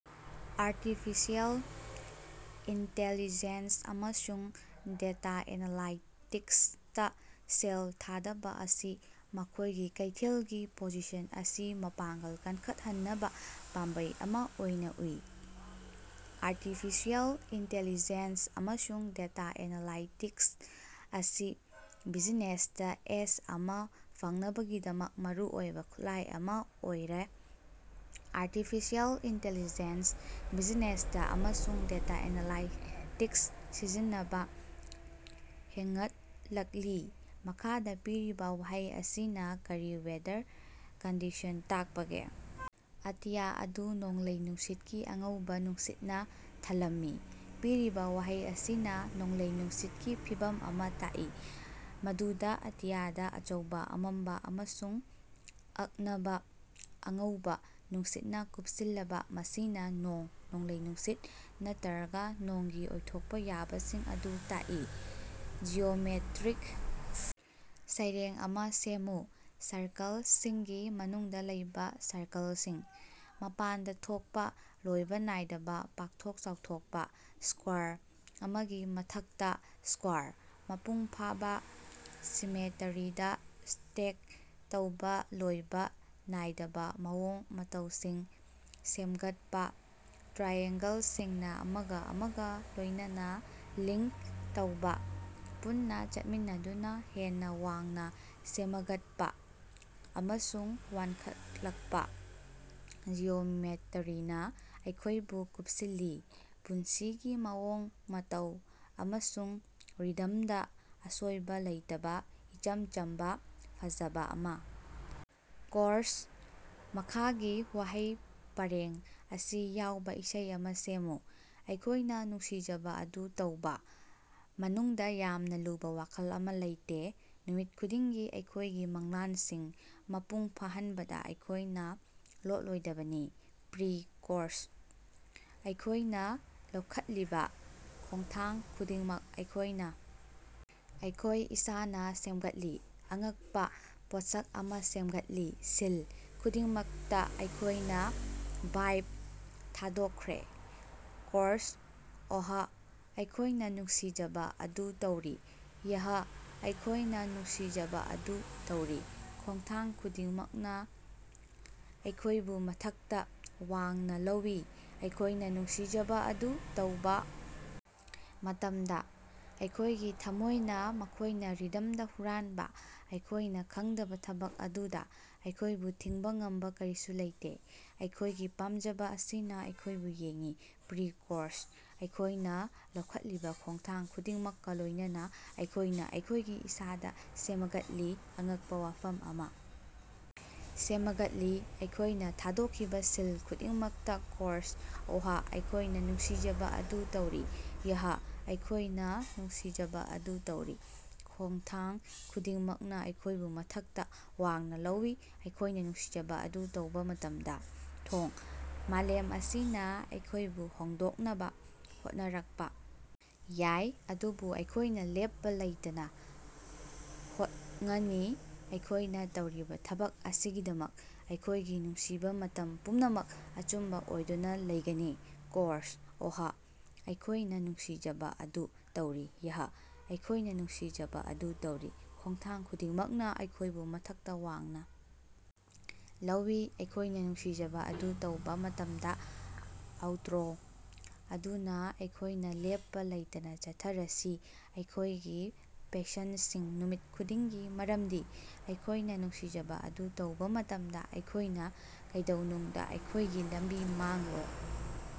Artificial intelligence ꯑꯃꯁꯨꯡ data ꯑꯦꯅꯂꯥꯏꯇꯤꯛꯁꯇ ꯁꯦꯜ ꯊꯥꯗꯕ ꯑꯁꯤ ꯃꯈꯣꯏꯒꯤ ꯀꯩꯊꯦꯜꯒꯤ ꯄꯣꯖꯤꯁꯟ ꯑꯁꯤ ꯃꯄꯥꯡꯒꯜ ꯀꯟꯈꯠꯍꯟꯅꯕ ꯄꯥꯝꯕꯩ ꯑꯃꯥ ꯑꯣꯏꯅ ꯎꯏ꯫ ꯑꯥꯔꯇꯤꯐꯤꯁꯤꯑꯦꯜ ꯏꯟꯇꯦꯜꯂꯤꯖꯦꯟꯁ ꯑꯃꯁꯨꯡ ꯗꯦꯇꯥ ꯑꯦꯅꯥꯂꯥꯏꯇꯤꯛꯁ ꯑꯁꯤ ꯕꯤꯖꯤꯅꯦꯁꯇ ꯑꯦꯖ ꯑꯃ ꯐꯪꯅꯕꯒꯤꯗꯃꯛ ꯃꯔꯨꯑꯣꯏꯕ ꯈꯨꯠꯂꯥꯏ ꯑꯃꯥ ꯑꯣꯏꯔ꯫ ꯑꯥꯔꯇꯤꯐꯤꯁꯤꯑꯦꯜ ꯏꯟꯇꯦꯜꯂꯤꯖꯦꯟꯁ ꯕꯤꯖꯤꯅꯦꯁꯇ ꯑꯃꯁꯨꯡ ꯗꯦꯇꯥ ꯑꯦꯅꯥꯂꯥꯏꯇꯤꯛꯁ ꯁꯤꯖꯤꯟꯅꯕ ꯍꯦꯉꯠꯂꯛꯂꯤ꯫ ꯃꯈꯥꯗꯥ ꯄꯤꯔꯤꯕ ꯋꯥꯍꯩ ꯑꯁꯤꯅ ꯀꯔꯤ ꯋꯦꯗꯔ ꯀꯟꯗꯤꯁꯟ ꯇꯥꯛꯄꯒꯦ? ꯑꯇꯤꯌꯥ ꯑꯗꯨ ꯅꯣꯡꯂꯩ ꯅꯨꯡꯁꯤꯠꯀꯤ ꯑꯉꯧꯕ ꯅꯨꯡꯁꯤꯠꯅ ꯊꯜꯂꯝꯃꯤ꯫ ꯄꯤꯔꯤꯕ ꯋꯥꯍꯩ ꯑꯁꯤꯅ ꯅꯣꯡꯂꯩ-ꯅꯨꯡꯁꯤꯠꯀꯤ ꯐꯤꯚꯝ ꯑꯃ ꯇꯥꯛꯏ ꯃꯗꯨꯗ ꯑꯇꯤꯌꯥꯗ ꯑꯆꯧꯕ, ꯑꯃꯝꯕ ꯑꯃꯁꯨꯡ ꯑꯛꯅꯕ ꯑꯉꯧꯕ ꯅꯨꯡꯁꯤꯠꯅ ꯀꯨꯞꯁꯤꯜꯂꯕ, ꯃꯁꯤꯅ ꯅꯣꯡ, ꯅꯣꯡꯂꯩ-ꯅꯨꯡꯁꯤꯠ ꯅꯠꯇꯔꯒ ꯅꯣꯡꯒꯤ ꯑꯣꯏꯊꯣꯛꯄ ꯌꯥꯕꯁꯤꯡ ꯑꯗꯨ ꯇꯥꯛꯏ꯫ ꯖꯤꯑꯣꯃꯦꯇꯔꯤꯛ ꯁꯩꯔꯦꯡ ꯑꯃꯥ ꯁꯦꯝꯃꯨ꯫ ꯁꯔꯀꯜꯁꯤꯡꯒꯤ ꯃꯅꯨꯡꯗ ꯂꯩꯕ ꯁꯔꯀꯜꯁꯤꯡ, ꯃꯄꯥꯟꯗ ꯊꯣꯛꯄ, ꯂꯣꯏꯕ ꯅꯥꯏꯗꯅ ꯄꯥꯛꯊꯣꯛ ꯆꯥꯎꯊꯣꯛꯄ꯫ ꯁꯀ꯭ꯋꯥꯔ ꯑꯃꯒꯤ ꯃꯊꯛꯇꯥ ꯁꯀ꯭ꯋꯥꯔ, ꯃꯄꯨꯡ ꯐꯥꯕꯥ ꯁꯤꯃꯦꯇꯔꯤꯗ ꯁ꯭ꯇꯦꯛ ꯇꯧꯕ, ꯂꯣꯏꯕꯥ ꯅꯥꯏꯗꯕ ꯃꯑꯣꯡ ꯃꯇꯧꯁꯤꯡ ꯁꯦꯃꯒꯠꯄꯥ꯫ ꯇ꯭ꯔꯥꯏꯑꯦꯡꯒꯜꯁꯤꯡꯅ ꯑꯃꯒ ꯑꯃꯒ ꯂꯣꯏꯅꯅ ꯂꯤꯡꯛ ꯇꯧꯕ, ꯄꯨꯟꯅ ꯆꯠꯃꯤꯟꯅꯗꯨꯅ, ꯍꯦꯟꯅ ꯋꯥꯡꯅ ꯁꯦꯃꯒꯠꯄ ꯑꯃꯁꯨꯡ ꯋꯥꯡꯈꯠꯂꯛꯄ꯫ ꯖꯤꯑꯣꯃꯦꯇꯔꯤꯅ ꯑꯩꯈꯣꯏꯕꯨ ꯀꯨꯞꯁꯤꯜꯂꯤ, ꯄꯨꯟꯁꯤꯒꯤ ꯃꯑꯣꯡ ꯃꯇꯧ ꯑꯃꯁꯨꯡ ꯔꯤꯗꯝꯗ, ꯑꯁꯣꯏꯕ ꯂꯩꯇꯕ, ꯏꯆꯝ ꯆꯝꯕ ꯐꯖꯕ ꯑꯃ꯫। ꯀꯣꯔꯁꯇ ꯃꯈꯥꯒꯤ ꯋꯥꯍꯩ ꯄꯔꯦꯡ ꯑꯁꯤ ꯌꯥꯎꯕ ꯏꯁꯩ ꯑꯃ ꯁꯦꯝꯃꯨ: "ꯑꯩꯈꯣꯏꯅ ꯅꯨꯡꯁꯤꯖꯕ ꯑꯗꯨ ꯇꯧꯕꯥ! ꯃꯅꯨꯡꯗ ꯌꯥꯝꯅ ꯂꯨꯕ ꯋꯥꯈꯜ ꯑꯃ ꯂꯩꯇꯦ ꯅꯨꯃꯤꯠ ꯈꯨꯗꯤꯡꯒꯤ ꯑꯩꯈꯣꯏꯒꯤ ꯃꯪꯂꯥꯟꯁꯤꯡ ꯃꯄꯨꯡ ꯐꯥꯍꯟꯕꯗ ꯑꯩꯈꯣꯏꯅ ꯂꯣꯠꯂꯣꯏꯗꯕꯅꯤ ꯄ꯭ꯔꯤ-ꯀꯣꯔꯁ: ꯑꯩꯈꯣꯏꯅ ꯂꯧꯈꯠꯂꯤꯕ ꯈꯣꯡꯊꯥꯡ ꯈꯨꯗꯤꯡꯃꯛ ꯑꯩꯈꯣꯏꯅ ꯑꯩꯈꯣꯏ ꯏꯁꯥꯅ ꯁꯦꯝꯒꯠꯂꯤ, ꯑꯉꯛꯄꯥ ꯄꯣꯠꯁꯛ ꯑꯃꯥ ꯁꯦꯝꯒꯠꯂꯤ ꯁꯤꯜ ꯈꯨꯗꯤꯡꯃꯛꯇ ꯑꯩꯈꯣꯏꯅ꯫ 'ꯚꯥ꯭ꯏꯞ ꯊꯥꯗꯣꯛꯈ꯭ꯔꯦ꯫ ꯀꯣꯔꯁ: ꯑꯣꯍ ꯑꯩꯈꯣꯏꯅ ꯅꯨꯡꯁꯤꯖꯕ ꯑꯗꯨ ꯇꯧꯔꯤ, ꯌ꯭ꯍ ꯑꯩꯈꯣꯏꯅ ꯅꯨꯡꯁꯤꯖꯕ ꯑꯗꯨ ꯇꯧꯔꯤ, ꯈꯣꯡꯊꯥꯡ ꯈꯨꯗꯤꯡꯃꯛꯅ ꯑꯩꯈꯣꯏꯕꯨ ꯃꯊꯛꯇ ꯋꯥꯡꯅ ꯂꯧꯏ, ꯑꯩꯈꯣꯏꯅ ꯅꯨꯡꯁꯤꯖꯕ ꯑꯗꯨ ꯇꯧꯕꯥ ꯃꯇꯝꯗ꯫ ꯑꯩꯈꯣꯏꯒꯤ ꯊꯝꯃꯣꯏꯅ ꯃꯈꯣꯏꯅ ꯔꯤꯗꯝꯗ ꯍꯨꯔꯥꯟꯕ ꯑꯩꯈꯣꯏꯅ ꯈꯪꯗꯕ ꯊꯕꯛ ꯑꯗꯨꯗ, ꯑꯩꯈꯣꯏꯕꯨ ꯊꯤꯡꯕ ꯉꯝꯕ ꯀꯔꯤꯁꯨ ꯂꯩꯇꯦ, ꯑꯩꯈꯣꯏꯒꯤ ꯄꯥꯝꯖꯕ ꯑꯁꯤꯅ ꯑꯩꯈꯣꯏꯕꯨ ꯌꯦꯡꯏ꯫ ꯄ꯭ꯔꯤ-ꯀꯣꯔꯁ: ꯑꯩꯈꯣꯏꯅ ꯂꯧꯈꯠꯂꯤꯕ ꯈꯣꯡꯊꯥꯡ ꯈꯨꯗꯤꯡꯃꯛꯀ ꯂꯣꯏꯅꯅ, ꯑꯩꯈꯣꯏꯅ ꯑꯩꯈꯣꯏꯒꯤ ꯏꯁꯥꯗ ꯁꯦꯃꯒꯠꯂꯤ, ꯑꯉꯛꯄ ꯋꯥꯐꯝ ꯑꯃ ꯁꯦꯃꯒꯠꯂꯤ, ꯑꯩꯈꯣꯏꯅ ꯊꯥꯗꯣꯛꯈꯤꯕ ꯁꯤꯜ ꯈꯨꯗꯤꯡꯃꯛꯇ꯫ ꯀꯣꯔꯁ: ꯑꯣꯍ ꯑꯩꯈꯣꯏꯅ ꯅꯨꯡꯁꯤꯖꯕ ꯑꯗꯨ ꯇꯧꯔꯤ, ꯌ꯭ꯍ ꯑꯩꯈꯣꯏꯅ ꯅꯨꯡꯁꯤꯖꯕ ꯑꯗꯨ ꯇꯧꯔꯤ, ꯈꯣꯉꯊꯥꯡ ꯈꯨꯗꯤꯡꯃꯛꯅ ꯑꯩꯈꯣꯏꯕꯨ ꯃꯊꯛꯇ ꯋꯥꯡꯅ ꯂꯧꯏ, ꯑꯩꯈꯣꯏꯅ ꯅꯨꯡꯁꯤꯖꯕ ꯑꯗꯨ ꯇꯧꯕ ꯃꯇꯝꯗ꯫ ꯊꯣꯡ: ꯃꯥꯂꯦꯝ ꯑꯁꯤꯅ ꯑꯩꯈꯣꯏꯕꯨ ꯍꯣꯡꯗꯣꯛꯅꯕ ꯍꯣꯠꯅꯔꯛꯄ ꯌꯥꯏ, ꯑꯗꯨꯕꯨ ꯑꯩꯈꯣꯏꯅ ꯂꯦꯞꯄ ꯂꯩꯇꯅ ꯍꯣꯠꯉꯅꯤ, ꯑꯩꯈꯣꯏꯅ ꯇꯧꯔꯤꯕ ꯊꯕꯛ ꯑꯁꯤꯒꯤꯗꯃꯛ ꯑꯩꯈꯣꯏꯒꯤ ꯅꯨꯡꯁꯤꯕ, ꯃꯇꯝ ꯄꯨꯝꯅꯃꯛꯇ ꯑꯆꯨꯝꯕ ꯑꯣꯏꯗꯨꯅ ꯂꯩꯒꯅꯤ꯫ ꯀꯣꯔꯁ: ꯑꯣꯍ ꯑꯩꯈꯣꯏꯅ ꯅꯨꯡꯁꯤꯖꯕ ꯑꯗꯨ ꯇꯧꯔꯤ, ꯌ꯭ꯍ ꯑꯩꯈꯣꯏꯅ ꯅꯨꯡꯁꯤꯖꯕ ꯑꯗꯨ ꯇꯧꯔꯤ, ꯈꯣꯡꯊꯥꯡ ꯈꯨꯗꯤꯡꯃꯛꯅ ꯑꯩꯈꯣꯏꯕꯨ ꯃꯊꯛꯇ ꯋꯥꯡꯅ ꯂꯧꯏ, ꯑꯩꯈꯣꯏꯅ ꯅꯨꯡꯁꯤꯖꯕ ꯑꯗꯨ ꯇꯧꯕ ꯃꯇꯝꯗ꯫ ꯑꯥꯎꯇ꯭ꯔꯣ: ꯑꯗꯨꯅ ꯑꯩꯈꯣꯏꯅꯥ ꯂꯦꯞꯄꯥ ꯂꯩꯇꯅꯥ ꯆꯠꯊꯔꯁꯤ, ꯑꯩꯈꯣꯏꯒꯤ ꯄꯦꯁꯟꯁꯤꯡ ꯅꯨꯃꯤꯠ ꯈꯨꯗꯤꯡꯒꯤ, ꯃꯔꯝꯗꯤ ꯑꯩꯈꯣꯏꯅ ꯅꯨꯡꯁꯤꯖꯕ ꯑꯗꯨ ꯇꯧꯕ ꯃꯇꯝꯗ, ꯑꯩꯈꯣꯏꯅ ꯀꯩꯗꯧꯅꯨꯡꯗ ꯑꯩꯈꯣꯏꯒꯤ ꯂꯝꯕꯤ ꯃꯥꯡꯂꯣꯏ꯫